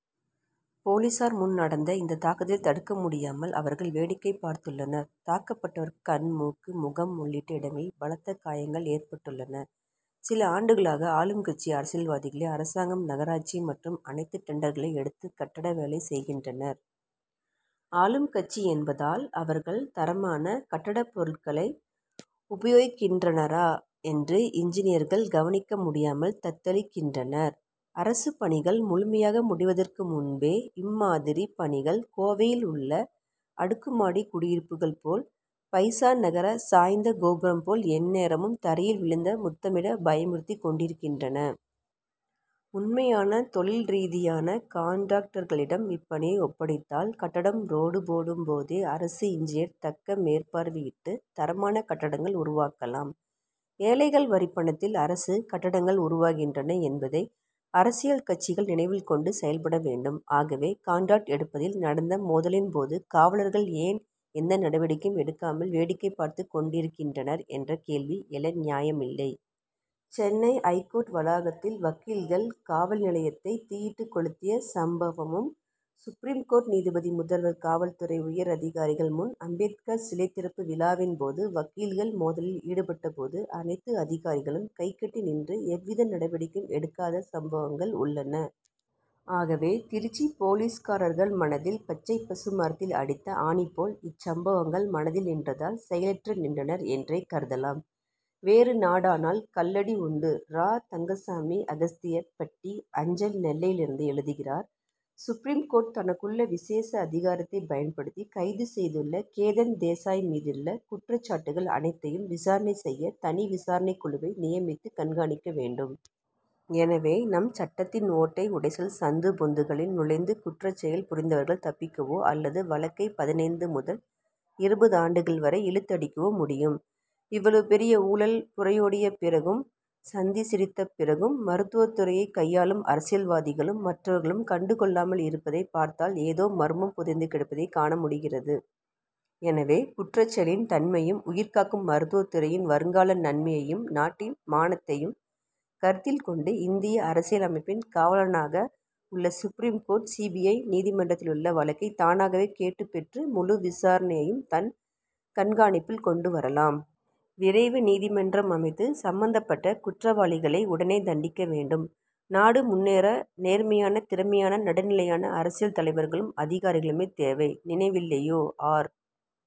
போலீசார் முன் நடந்த இந்த தாக்குதலை தடுக்க முடியாமல் அவர்கள் வேடிக்கை பார்த்துள்ளனர். தாக்கப்பட்டவருக்கு கண் மூக்கு முகம் உள்ளிட்ட இடங்களில் பலத்த காயங்கள் ஏற்பட்டுள்ளன. சில ஆண்டுகளாக ஆளும் கட்சி அரசியல்வாதிகளே அரசாங்கம் நகராட்சி மற்றும் அனைத்து டெண்டர்களை எடுத்து கட்டட வேலை செய்கின்றனர். ஆளும் கட்சி என்பதால் அவர்கள் தரமான கட்டட பொருட்களை உபயோகிக்கின்றனரா என்று இன்ஜினியர்கள் கவனிக்க முடியாமல் தத்தளிக்கின்றனர். அரசு பணிகள் முழுமையாக முடிவதற்கு முன்பே இம்மாதிரிப் பணிகள் கோவையில் உள்ள அடுக்கு மாடி குடியிருப்புகள் போல் பைசா நகர சாய்ந்த கோபுரம் போல் எந்நேரமும் தரையில் விழுந்து முத்தமிட பயமுறுத்திக் கொண்டிருக்கின்றன. உண்மையான தொழில் ரீதியான கான்ட்ராக்டர்களிடம் இப்பணியை ஒப்படைத்தால் கட்டடம் ரோடு போடும் போதே அரசு இன்ஜினியர் தக்க மேற்பார்வையிட்டு தரமான கட்டடங்கள் உருவாக்கலாம். ஏழைகள் வரிப்பணத்தில் அரசு கட்டடங்கள் உருவாகின்றன என்பதை அரசியல் கட்சிகள் நினைவில் கொண்டு செயல்பட வேண்டும். ஆகவே கான்ட்ராக்ட் எடுப்பதில் நடந்த மோதலின் போது காவலர்கள் ஏன் எந்த நடவடிக்கையும் எடுக்காமல் வேடிக்கை பார்த்துக் கொண்டிருக்கின்றனர் என்ற கேள்வி எழ நியாயமில்லை. சென்னை ஐகோர்ட் வளாகத்தில் வக்கீல்கள் காவல் நிலையத்தை தீயிட்டு கொளுத்திய சம்பவமும் சுப்ரீம் கோர்ட் நீதிபதி முதல்வர் காவல்துறை உயர் அதிகாரிகள் முன் அம்பேத்கர் சிலை திறப்பு விழாவின் போது வக்கீல்கள் மோதலில் ஈடுபட்ட போது அனைத்து அதிகாரிகளும் கைகட்டி நின்று எவ்வித நடவடிக்கையும் எடுக்காத சம்பவங்கள் உள்ளன. ஆகவே திருச்சி போலீஸ்காரர்கள் மனதில் பச்சை பசு மரத்தில் அடித்த ஆணி போல் இச்சம்பவங்கள் மனதில் நின்றதால் செயலற்று நின்றனர் என்றே கருதலாம். வேறு நாடானால் கல்லடி உண்டு! ரா. தங்கசாமி அகஸ்தியர் பட்டி அஞ்சல் நெல்லையிலிருந்து எழுதுகிறார் சுப்ரீம் கோர்ட் தனக்குள்ள விசேஷ அதிகாரத்தை பயன்படுத்தி கைது செய்துள்ள கேதன் தேசாய் மீதுள்ள குற்றச் சாட்டுகள் அனைத்தையும் விசாரணை செய்ய தனி விசாரணைக் குழுவை நியமித்து கண்காணிக்க வேண்டும். எனவே நம் சட்டத்தின் ஓட்டை உடைசல் சந்து பொந்துகளில் நுழைந்து குற்றச்செயல் புரிந்தவர்கள் தப்பிக்கவோ அல்லது வழக்கை பதினைந்து முதல் இருபது ஆண்டுகள் வரை இழுத்தடிக்கவோ முடியும். இவ்வளவு பெரிய ஊழல் புரையோடிய பிறகும் சந்தி சிரித்த பிறகும் மருத்துவத்துறையை கையாளும் அரசியல்வாதிகளும் மற்றவர்களும் கண்டு கொள்ளாமல் இருப்பதை பார்த்தால் ஏதோ மர்மம் புதைந்து கிடப்பதை காண முடிகிறது. எனவே குற்றச் செயலின் தன்மையும் உயிர் காக்கும் மருத்துவத்துறையின் வருங்கால நன்மையையும் நாட்டின் மானத்தையும் கருத்தில் கொண்டு இந்திய அரசியலமைப்பின் காவலனாக உள்ள supreme court C. B. I. நீதிமன்றத்திலுள்ள வழக்கை தானாகவே கேட்டுப் பெற்று முழு விசாரணையையும் தன் கண்காணிப்பில் கொண்டு வரலாம். விரைவு நீதிமன்றம் அமைத்து சம்பந்தப்பட்ட குற்றவாளிகளை உடனே தண்டிக்க வேண்டும். நாடு முன்னேற நேர்மையான திறமையான நடுநிலையான அரசியல் தலைவர்களும் அதிகாரிகளுமே தேவை. நினைவில்லையோ? ஆர்.